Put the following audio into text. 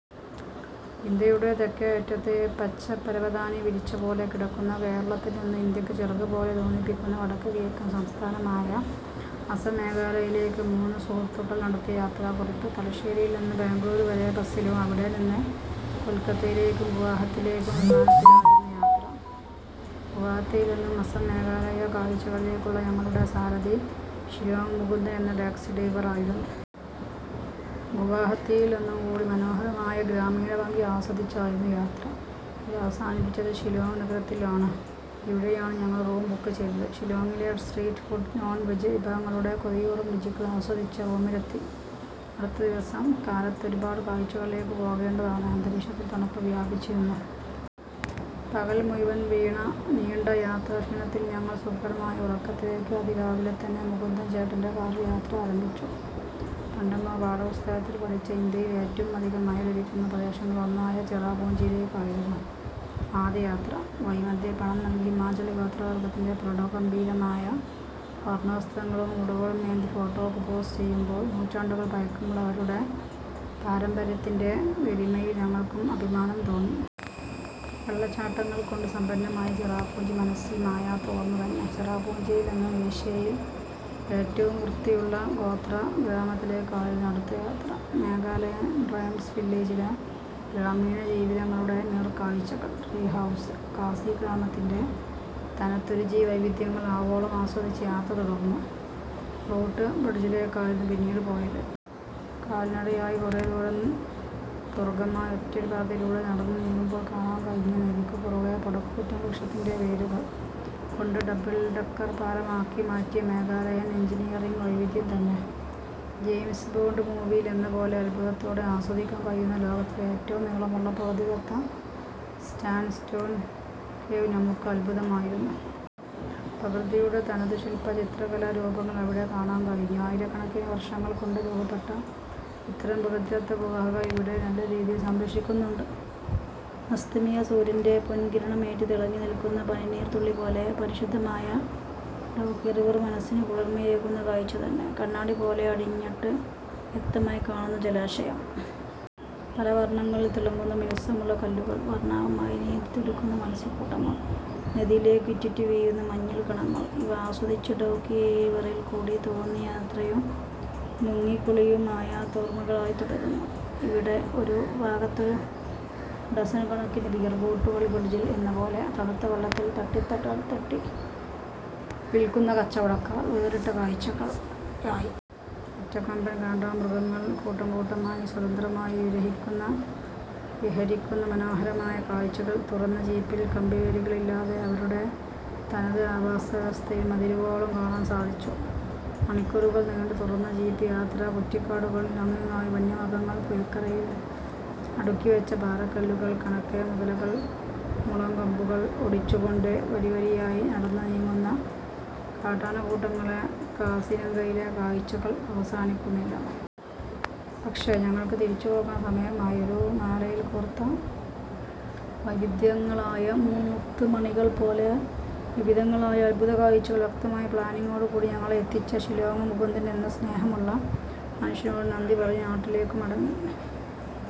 ഇന്ത്യയുടെ തെക്കേയറ്റത്ത് പച്ചപരവതാനി വിരിച്ച പോലെ കിടക്കുന്ന കേരളത്തിൽ നിന്നു ഇന്ത്യക്ക് ചിറക് പോലെ തോന്നിപ്പിക്കുന്ന വടക്ക് കിഴക്കൻ സംസ്ഥാനമായ അസം, മേഘാലയയിലേക്ക് മൂന്നുസുഹൃത്തുക്കൾ നടത്തിയ യാത്രാക്കുറിപ്പ്. തലശ്ശേരിയിൽനിന്നു ബെംഗളൂരു വരെ ബസിലും അവിടെ നിന്ന് കൊൽക്കത്തയിലേക്കും ഗുവാഹത്തിയിലേക്കും വിമാനത്തിലായിരുന്നു യാത്ര. ഗുവാഹത്തിയിൽനിന്നും അസാം, മേഘാലയ കാഴ്ചകളിലേക്കുള്ള ഞങ്ങളുടെ സാരഥി ഷിലോങ്ങ് മുകുന്ദൻ എന്ന ടാക്സി ഡ്രൈവറായിരുന്നു. ഗുവാഹത്തിയിൽ നിന്നും കൂടി മനോഹരമായ ഗ്രാമീണഭംഗി ആസ്വദിച്ചയാരുന്നു യാത്ര. ഇത് അവസാനിപ്പിച്ചത് ഷിലോങ്ങ് നഗരത്തിൽ ആണ്. ഇവിടെയാണ് ഞങ്ങൾ റൂം ബുക്ക് ചെയ്തത്. ഷിലോങ്ങിലെ സ്ട്രീറ്റ് ഫുഡ് നോൺ വെജ് വിഭവങ്ങളുടെ കൊതിയൂറും രുചികൾ ആസ്വദിച്ച് റൂമിലെത്തി. അടുത്ത ദിവസം കാലത്ത് ഒരുപാട് കാഴ്ചകളിലേക്കു പോകേണ്ടതാണ്, അന്തരീക്ഷത്തിൽ തണുപ്പ് വ്യാപിച്ചിരിക്കുന്നു. പകൽ മുയുവൽ നീണ്ട യാത്രാക്ഷീണത്തിൽനിന്ന് ഞങ്ങൾ സുഖകരമായ ഉറക്കത്തിലേക്ക് അതിരാവിലെതന്നെ മുകുന്ദൻ ചേട്ടന്‍റെ കാറിൽ യാത്ര ആരംഭിച്ചു. പണ്ടെങ്ങോ പാഠപുസ്തകത്തിൽ പഠിച്ച ഇന്ത്യയിൽ ഏറ്റവും അധികം മയ ലഭിക്കുന്ന പ്രദേശങ്ങളിൽ ഒന്നായ ചിറാപുഞ്ചിയിലേക്ക് ആയിരുന്നു ആദ്യ യാത്ര. വയി മധ്യേ പണം നൽകി ഹിമാചൽ ഗോത്രവർഗ്ഗത്തിന്‍റെ പ്രൗഢഗംഭീരമായ വർണവസ്ത്രങ്ങളും ഉടവാളുമേന്തി ഫോട്ടോക്ക് പോസ് ചെയുമ്പോൾ നൂറ്റാണ്ടുകൾ പയ ക്കമുള്ള അവരുടെ പാരമ്പര്യത്തിന്‍റെ ഗരിമയിൽ ഞങ്ങൾക്കും അഭിമാനം തോന്നി. വെള്ളച്ചാട്ടങ്ങൾകൊണ്ട് സമ്പന്നമായ ചിറാപുഞ്ചി മനസ്സിൽ മായാത്ത ഓർമ തന്നെ. ചിറാപുഞ്ചിയിൽനിന്നും ഏഷ്യയിലെ ഏറ്റവും വൃത്തിയുള്ള ഗോത്ര ഗ്രാമത്തിലേക്ക് ആയിരുന്നു അടുത്തയാത്ര. മേഘാലയൻ ട്രൈബ്സ് വില്ലേജിലെ ഗ്രാമീണ ജീവിതങ്ങളുടെ നേർക്കാഴ്ചകൾ, ട്രീ ഹൗസ്, ഖാസി ഗ്രാമത്തിന്‍റെ തനതുരുചി വൈവിദ്ധ്യങ്ങൾ ആവോളം ആസ്വദിച്ച് യാത്ര തുടർന്നു. റൂട്ട് ബ്രഡ്ജിലേക്കായിരുന്നു പിന്നീട്പോയത്. കാൽനടയായി കുറേദൂരം ദുർഘടമായ ഒറ്റയടി പാതയിലൂടെ നടന്നു നീങ്ങുമ്പോൾ കാണാൻ കഴിഞ്ഞത് നദിക്കുകുറുകെ പടുകൂറ്റൻ വൃക്ഷത്തിന്‍റെ വേരുകൾ കൊണ്ട് ഡബിൾഡക്കർ പാലമാക്കി മാറ്റിയ മേഘാലയൻ എൻജിനിയറിങ് വൈവിദ്ധ്യംതന്നെ. ജെയിംസ് ബോണ്ട് മൂവിയിൽ എന്നപോലെ അദ്ഭുതത്തോടെ ആസ്വദിക്കാൻ കയിയുന്ന ലോകത്തിലെ ഏറ്റവും നീളമുള്ള പ്രകൃതിദത്ത സാൻഡ്സ്റ്റോൺ കേവ് നമ്മുക്ക് അദ്ഭുതമായിരുന്നു. പ്രകൃതിയുടെ തനതു ശിൽപ, ചിത്രകലാ രൂപങ്ങൾ അവിടെ കാണാൻ കഴിഞ്ഞു. ആയിരക്കണക്കിന് വർഷങ്ങൾ കൊണ്ട് രൂപപ്പെട്ട ഇത്തരം പ്രകൃതിദത്ത ഗുഹകൾ ഇവിടെ നല്ലരീതിയിൽ സംരക്ഷിക്കുന്നുണ്ട്. അസ്തമയ സൂര്യന്‍റെ പൊൻകിരണമേറ്റ് തിളങ്ങി നിൽക്കുന്ന പനിനീർതുള്ളി പോലെ പരിശുദ്ധമായ ഡൗക്കി റിവർ മനസിന് കുളിർമയേകുന്ന കാഴ്ച തന്നെ. കണ്ണാടിപോലെ അടിത്തട്ട് വ്യക്തമായി കാണുന്ന ജലാശയം. പലവർണ്ണങ്ങളിൽ തിളങ്ങുന്ന മിനുസമുള്ള കല്ലുകൾ, വർണാഭമായി നീന്തി തുടിക്കുന്ന മൽസ്യകൂട്ടങ്ങൾ, നദിയിലേക്കു ഇറ്റിറ്റു വീഴുന്ന മഞ്ഞിൻ കണങ്ങൾ ഇവ ആസ്വദിച്ച് ഡൗക്കി റിവറിൽകൂടി തോണി യാത്രയും മുങ്ങികുളിയും മായാത്ത ഓർമകളായി തുടരുന്നു. ഇവിടെ ഒരു ഭാഗത്തു ഡസൻകണക്കിന് ബിയർബോട്ടിലുകൾ ബ്രിഡ്ജിൽ എന്നപോലെ തണുത്ത വെള്ളത്തിൽ തടകെട്ടി വിൽക്കുന്ന കച്ചവടക്കാർ വേറിട്ട കാഴ്ചകൾ യായി. ഒറ്റക്കൊമ്പൻ കാണ്ടാമൃഗങ്ങൾ കൂട്ടംകൂട്ടമായി സ്വതന്ത്രമായി വിഹരിക്കുന്ന മനോഹരമായ കാഴ്ച്ചകൾ, തുറന്ന ജീപ്പിൽ കമ്പിവേലികൾ ഇല്ലാതെ അവരുടെ തനത് ആവാസ വ്യവസ്ഥയിൽ മതിവരുവോളം കാണാൻ സാധിച്ചു. മണിക്കൂറുകൾനീണ്ട തുറന്ന ജീപ്പ് യാത്ര കുറ്റിക്കാടുകളിൽ അങ്ങിങ്ങായി വന്യമൃഗങ്ങൾ, പുഴക്കരയിൽ അടുക്കിവെച്ച പാറകല്ലുകൾ കണക്കെ മുതലകൾ, മുളംകമ്പുകൾ ഒടിച്ചുകൊണ്ട് വരിവരിയായി നടന്നു നീങ്ങുന്ന കാട്ടാനകൂട്ടങ്ങൾ, കാസിരംഗയിലെ കാഴ്ചകൾ അവസാനിക്കുന്നില്ല. പക്ഷേ ഞങ്ങൾക്ക് തിരിച്ചുപോകാൻ സമയമായി. ഒരു മാലയിൽ കോർത്ത വൈവിദ്ധ്യങ്ങളായ മുത്ത് മണികൾ പോലെ വിവിധങ്ങളായ അത്ഭുതകാഴ്ചൾ വ്യക്തമായ പ്ലാനിങ്ങോടുകൂടി ഞങ്ങളെ എത്തിച്ച ഷിലോങ്ങ് മുകുന്ദൻ എന്ന സ്നേഹമുള്ള മനുഷനോട് നന്ദി പറഞ്ഞു നാട്ടിലേക്കു മടങ്ങി.